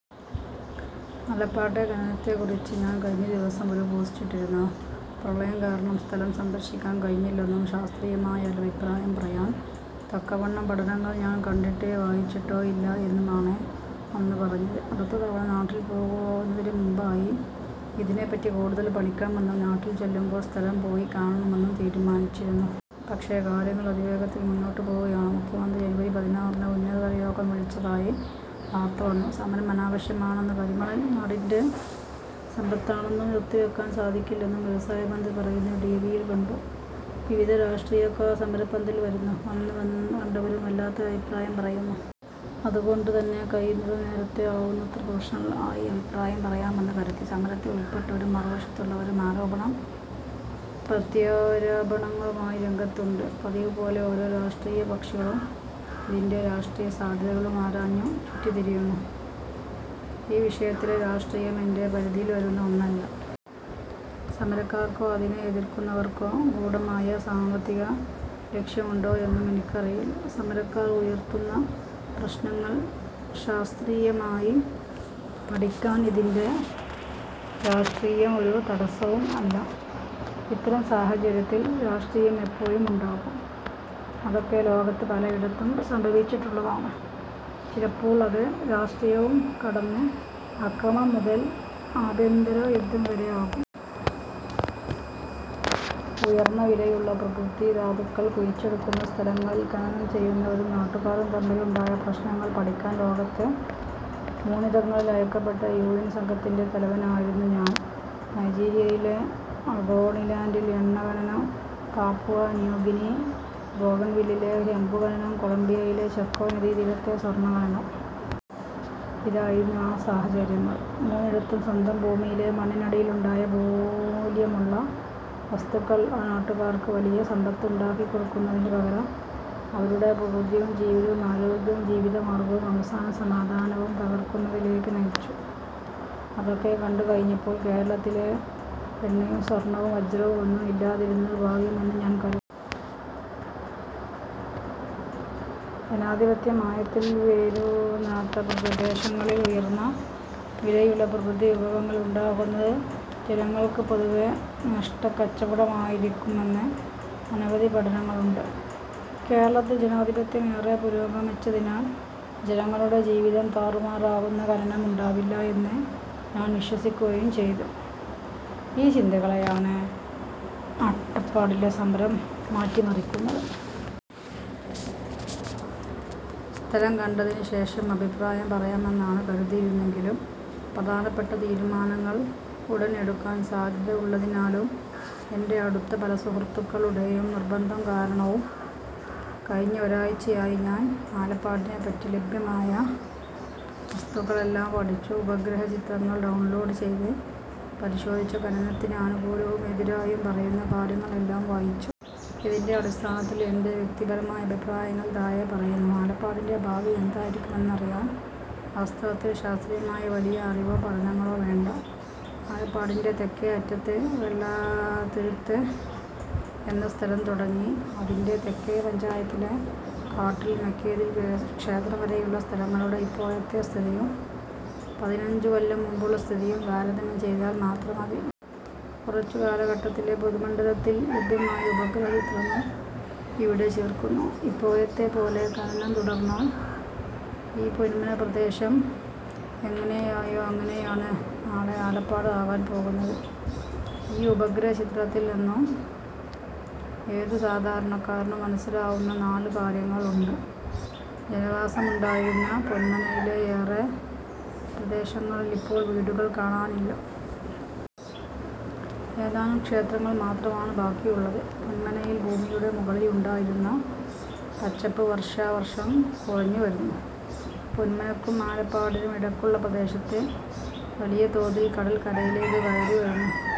ആലപ്പാട്ടെ ഖനനത്തെക്കുറിച്ച് ഞാൻ കഴിഞ്ഞ ദിവസം ഒരു പോസ്റ്റിട്ടിരുന്നു. പ്രളയം കാരണം സ്ഥലം സന്ദർശിക്കാൻ കഴിഞ്ഞില്ലെന്നും ശാസ്ത്രീയമായ ഒരഭിപ്രായം പറയാൻ തക്കവണ്ണം പഠനങ്ങൾ ഞാൻ കണ്ടിട്ടോ വായിച്ചിട്ടോ ഇല്ല എന്നുമാണ് അന്നു പറഞ്ഞത്. അടുത്ത തവണ നാട്ടിൽ പോകുന്നതിനു മുമ്പായി ഇതിനെപ്പറ്റി കൂടുതൽ പഠിക്കണമെന്നും നാട്ടിൽ ചെല്ലുമ്പോൾ സ്ഥലം പോയിക്കാണണമെന്നും തീരുമാനിച്ചിരുന്നു. പക്ഷെ, കാര്യങ്ങൾ അതിവേഗത്തിൽ മുന്നോട്ടു പോകുകയാണ്. മുഖ്യമന്ത്രി ജനുവരി പതിനാറിന് ഉന്നതതലയോഗം വിളിച്ചതായി വാർത്ത വന്നു. സമരം അനാവശ്യമാണെന്നും, കരിമണൽ നാടിന്റെ സമ്പത്താണെന്നും, നിർത്തിവെക്കാൻ സാധിക്കില്ലെന്നും വ്യവസായമന്ത്രി പറയുന്നത് ടി വി യിൽ കണ്ടു. വിവിധ രാഷ്ട്രീയക്കാർ സമരപ്പന്തലിൽ വരുന്നു. വന്നു കണ്ടവരും അല്ലാത്തവരും അഭിപ്രായം പറയുന്നു. അതുകൊണ്ടു തന്നെ കഴിയുന്നതും നേരത്തെ ആവുന്നത്ര പ്രൊഫഷണൽ ആയി അഭിപ്രായം പറയാമെന്ന് കരുതി. സമരത്തിൽ ഉൾപ്പെട്ടവരും മറുവശത്തുള്ളവരും ആരോപണ പ്രത്യാരോപണങ്ങളുമായി രംഗത്ത് ഉണ്ട്. പതിവ് പോലെ ഓരോ രാഷ്ട്രീയ കക്ഷികളും ഇതിന്റെ രാഷ്ട്രീയ സാധ്യതകൾ ആരാഞ്ഞു ചുറ്റിത്തിരിയുന്നു. ഈ വിഷയത്തിലെ രാഷ്ട്രീയം എന്റെ പരിധിയിൽ വരുന്ന ഒന്നല്ല. സമരക്കാർക്കോ അതിനെ എതിർക്കുന്നവർക്കോ ഗൂഢമായ സാമ്പത്തിക ലക്ഷ്യമുണ്ടോ എന്നും എനിക്കറിയില്ല. സമരക്കാർ ഉയർത്തുന്ന പ്രശ്നങ്ങൾ ശാസ്ത്രീയമായി പഠിക്കാൻ ഇതിന്റെ രാഷ്ട്രീയം ഒരു തടസവും അല്ല. ഇത്തരം സാഹചര്യത്തിൽ രാഷ്ട്രീയം എപ്പോഴും ഉണ്ടാകും. അതൊക്കെ ലോകത്ത് പലയിടത്തും സംഭവിച്ചിട്ടുള്ളതാണ്. ചിലപ്പോൾ അത് രാഷ്ട്രീയവും കടന്ന് അക്രമം മുതൽ ആഭ്യന്തര യുദ്ധം വരെ ആകും. ഉയർന്ന വിലയുള്ള പ്രകൃതി ധാതുക്കൾ കുഴിച്ചെടുക്കുന്ന സ്ഥലങ്ങളിൽ ഖനനം ചെയ്യുന്നവരും നാട്ടുകാരും തമ്മിലുണ്ടായ പ്രശ്നങ്ങൾ പഠിക്കാൻ ലോകത്ത് മൂന്നിടങ്ങളിൽ അയക്കപ്പെട്ട യു എൻ സംഘത്തിന്റെ തലവനായിരുന്നു ഞാൻ. നൈജീരിയയിലെ ഒഗോണിലാൻഡിൽ എണ്ണ ഖനനം, പാപുവ ന്യൂ ഗിനി ബോഗൺവില്ലിലെ ചെമ്പു ഖനനം, കൊളംബിയയിലെ ചോക്കോ നദീതീരത്തെ സ്വർണ്ണ ഖനനം. ഇതായിരുന്നു ആ സാഹചര്യങ്ങൾ. മൂന്നിടത്തും സ്വന്തം ഭൂമിയിലെ മണ്ണിനടിയിലുണ്ടായ മൂല്യമുള്ള വസ്തുക്കൾ ആ നാട്ടുകാർക്ക് വലിയ സമ്പത്ത് ഉണ്ടാക്കിക്കൊടുക്കുന്നതിന് പകരം അവരുടെ പ്രകൃതിയും ജീവനും ആരോഗ്യവും ജീവിതമാർഗ്ഗവും അവസാനം സമാധാനവും തകർക്കുന്നതിലേക്ക് നയിച്ചു. അതൊക്കെ കണ്ടു കഴിഞ്ഞപ്പോൾ കേരളത്തിൽ എണ്ണയും സ്വർണ്ണവും വജ്രവും ഒന്നും ഇല്ലാതിരുന്നത് ഭാഗ്യം എന്ന് ഞാൻ കരുതി. ജനാധിപത്യം ആഴത്തിൽ വേരൂന്നാത്ത പ്രദേശങ്ങളിൽ ഉയർന്ന വിലയുള്ള പ്രകൃതി വിഭവങ്ങൾ ഉണ്ടാകുന്നത് ജനങ്ങൾക്ക് പൊതുവെ നഷ്ടക്കച്ചവടമായിരിക്കുമെന്ന് അനവധി പഠനങ്ങളുണ്ട്. കേരളത്തിൽ ജനാധിപത്യം ഏറെ പുരോഗമിച്ചതിനാൽ ജനങ്ങളുടെ ജീവിതം താറുമാറാക്കുന്ന ഖനനം ഉണ്ടാവില്ല എന്ന് ഞാൻ വിശ്വസിക്കുകയും ചെയ്തു. ഈ ചിന്തകളെയാണ് ആലപ്പാടിലെ സമരം മാറ്റി മറിക്കുന്നത്. സ്ഥലം കണ്ടതിന് ശേഷം അഭിപ്രായം പറയാമെന്നാണ് കരുതിയിരുന്നതെങ്കിലും പ്രധാനപ്പെട്ട തീരുമാനങ്ങൾ ഉടൻ എടുക്കാൻ സാധ്യത ഉള്ളതിനാലും, എന്റെ അടുത്ത പല സുഹൃത്തുക്കളുടെയും നിർബന്ധം കാരണവും കഴിഞ്ഞ ഒരാഴ്ചയായി ഞാൻ ആലപ്പാടിനെപ്പറ്റി ലഭ്യമായ വസ്തുതകളെല്ലാം പഠിച്ചു. ഉപഗ്രഹ ചിത്രങ്ങൾ ഡൗൺലോഡ് ചെയ്ത് പരിശോധിച്ചു. ഖനനത്തിന് അനുകൂലവും എതിരായും പറയുന്ന കാര്യങ്ങൾ എല്ലാം വായിച്ചു. ഇതിന്റെ അടിസ്ഥാനത്തിൽ എന്റെ വ്യക്തിപരമായ അഭിപ്രായങ്ങൾ താഴെ പറയുന്നു. ആലപ്പാടിന്റെ ഭാവി എന്തായിരിക്കുമെന്നറിയാൻ വാസ്തവത്തിൽ ശാസ്ത്രീയമായ വലിയ അറിവോ പഠനങ്ങളോ വേണ്ട. ആലപ്പാടിന്റെ തെക്കേ അറ്റത്ത് വെള്ളനാതുരുത്ത് എന്ന സ്ഥലം തുടങ്ങി അതിന്റെ തെക്കേ പഞ്ചായത്തിലെ കാട്ടിൽ മേക്കേതിൽ ക്ഷേത്രം വരെയുള്ള സ്ഥലങ്ങളുടെ ഇപ്പോഴത്തെ സ്ഥിതിയും പതിനഞ്ചു കൊല്ലം മുമ്പുള്ള സ്ഥിതിയും താരതമ്യം ചെയ്താൽ മാത്രം മതി. കുറച്ചു കാലഘട്ടത്തിലെ പൊതുമണ്ഡലത്തിൽ ലഭ്യമായ ഉപഗ്രഹ ചിത്രങ്ങൾ ഇവിടെ ചേർക്കുന്നു. ഇപ്പോഴത്തെ പോലെ ഖനനം തുടർന്നാൽ ഈ പൊന്മന പ്രദേശം എങ്ങനെയായോ അങ്ങനെയാണ് നാളെ ആലപ്പാട് ആകാൻ പോകുന്നത്. ഈ ഉപഗ്രഹ ചിത്രത്തിൽ നിന്നും ഏതു സാധാരണക്കാരനും മനസ്സിലാവുന്ന നാല് കാര്യങ്ങൾ ഉണ്ട്. ജനവാസമുണ്ടായിരുന്ന പൊന്മനയിലെ ഏറെ പ്രദേശങ്ങളിൽ ഇപ്പോൾ വീടുകൾ കാണാനില്ല. ഏതാനും ക്ഷേത്രങ്ങൾ മാത്രമാണ് ബാക്കിയുളളത്. പൊന്മനയിൽ ഭൂമിയുടെ മുകളിൽ ഉണ്ടായിരുന്ന പച്ചപ്പ് വർഷാവർഷം കുറഞ്ഞുവരുന്നു. പൊന്മനക്കും ആലപ്പാടിനും ഇടക്കുള്ള പ്രദേശത്ത് വലിയ തോതിൽ കടൽ കരയിലേക്ക് കയറി വരുന്നു.